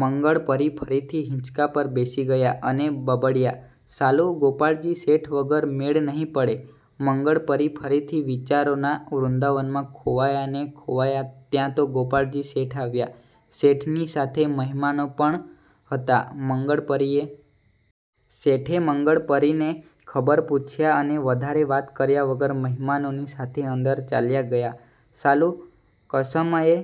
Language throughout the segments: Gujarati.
મંગળપરી ફરીથી હીંચકા પર બેસી ગયા અને બબડ્યા,"સાલું, ગોપાળજી શેઠ વગર મેળ નહિ પડે." મંગળપરી ફરીથી વિચારોના વૃંદાવનમાં ખોવાયા ને ખોવાયા ત્યાં તો ગોપાળજી શેઠ આવ્યા. શેઠની સાથે મહેમાનો પણ હતા. મંગળપરીએ ઊભા થઈને હાથ જોડ્યા. શેઠે મંગળપરીને ખબર પૂછ્યા અને વધારે વાત કર્યા વગર મહેમાનોની સાથે અંદર ચાલ્યા ગયા. "સાલું, કસમયે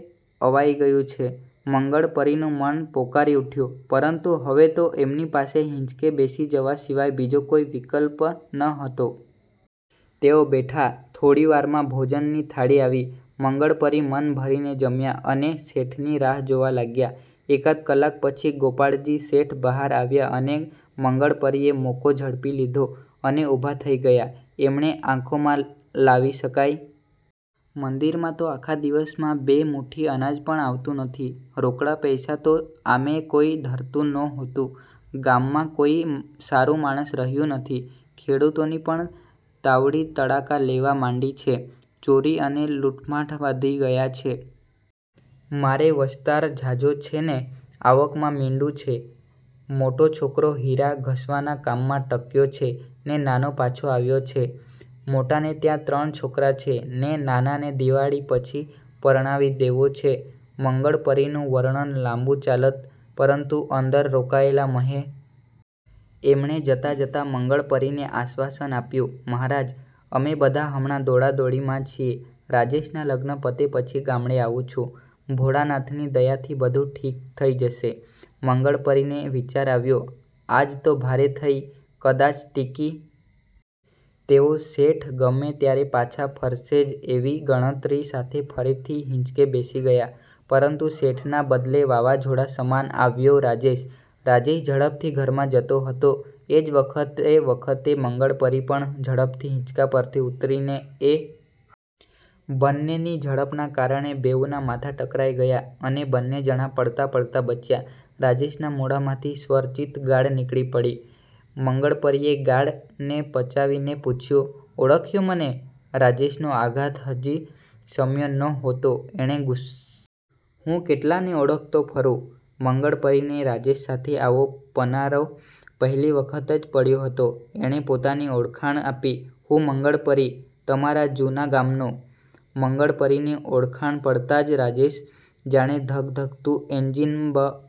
અવાઈ ગયું છે." મંગળપરીનું મન પોકારી ઊઠ્યું, પરંતુ હવે તો એમની પાસે હીંચકે બેસી જવા સિવાય બીજો કોઈ વિકલ્પ નહોતો. તેઓ બેઠા. થોડી વારમાં ભોજનની થાળી આવી. મંગળપરી મન ભરીને જમ્યા અને શેઠની રાહ જોવા લાગ્યા. એકાદ કલાક પછી ગોપાળજી શેઠ બહાર આવ્યા અને મંગળપરીએ મોકો ઝડપી લીધો અને ઊભા થઈ ગયા. એમણે આંખોમાં લાવી શકાય એટલી કરુણતા અને અવાજમાં લાવી શકાય એટલી ભાવુકતા લાવીને પોતાની દુખદ સ્થિતિનું વર્ણન કર્યું-"ગામડે તો ભૂખ ભડાકા લે છે. મંદિરમાં તો આખા દિવસમાં બે મૂઠી અનાજ પણ આવતું નથી. રોકડા પૈસા તો આમેય કોઈ ધરતું નહોતું. ગામમાં કોઈ સારું માણસ રહ્યું નથી. ખેડૂતોની પણ તાવડી તડાકા લેવા માંડી છે. ચોરી અને લૂંટફાટ વધી ગયાં છે. મારે વસ્તાર ઝાઝો છે ને આવકમાં મીંડું છે. મોટો છોકરો હીરા ઘસવાના કામમાં ટક્યો છે, ને નાનો પાછો આવ્યો છે. મોટાને ત્યાં ત્રણ છોકરાં છે, ને નાનાને દીવાળી પછી પરણાવી દેવો છે." મંગળપરીનું વર્ણન લાંબુ ચાલત, પરંતુ અંદર રોકાયેલા મહેમાનો બહાર આવ્યા તેથી શેઠ પણ એમની સાથે નીકળી ગયા. એમણે જતાં-જતાં મંગળપરીને આશ્વાસન આપ્યું- "મહારાજ, અમે બધાં હમણા દોડાદોડીમાં છીએ, રાજેશનાં લગ્ન પતે પછી ગામડે આવું છું. ભોળાનાથની દયાથી બધું ઠીક થઈ જશે." મંગળપરીને વિચાર આવ્યો,"આજ તો ભારે થઈ. કદાચ ટિકિટભાડું પણ માથે પડશે." તેઓ શેઠ ગમે ત્યારે પાછા ફરશે જ એવી ગણતરી સાથે ફરીથી હીંચકે બેસી ગયા. પરંતુ શેઠના બદલે વાવાઝોડા સમાન આવ્યો રાજેશ. રાજેશ ઝડપથી ઘરમાં જતો હતો એ જ વખતે-વખતે મંગળપરી પણ ઝડપથી હીંચકા પરથી ઊતરીને એની સાથે હાથ મિલાવવા ગયા. બંનેની ઝડપના કારણે બેઉનાં માથાં ટકરાઈ ગયાં, અને બંને જણા પડતાં-પડતાં બચ્યા. રાજેશના મોઢામાંથી સ્વરચિત ગાળ નીકળી પડી. મંગળપરીએ ગાળને પચાવીને પૂછ્યું-"ઓળખ્યો મને?" રાજેશનો આઘાત હજી શમ્યો નહોતો. એણે ગુસ્સામાં કહ્યું-"તારા જેવા અહીં સત્તરસો આવે છે. હું કેટલાને ઓળખતો ફરું?" મંગળપરીને રાજેશ સાથે આવો પનારો પહેલી વખત જ પડ્યો હતો. એણે પોતાની ઓળખાણ આપી-"હું મંગળપરી. તમારા જૂના ગામનો." મંગળપરીની ઓળખાણ પડતાં જ રાજેશ જાણે ધગધગતું એન્જિન બની ગયો. એ તાડૂક્યો, "તું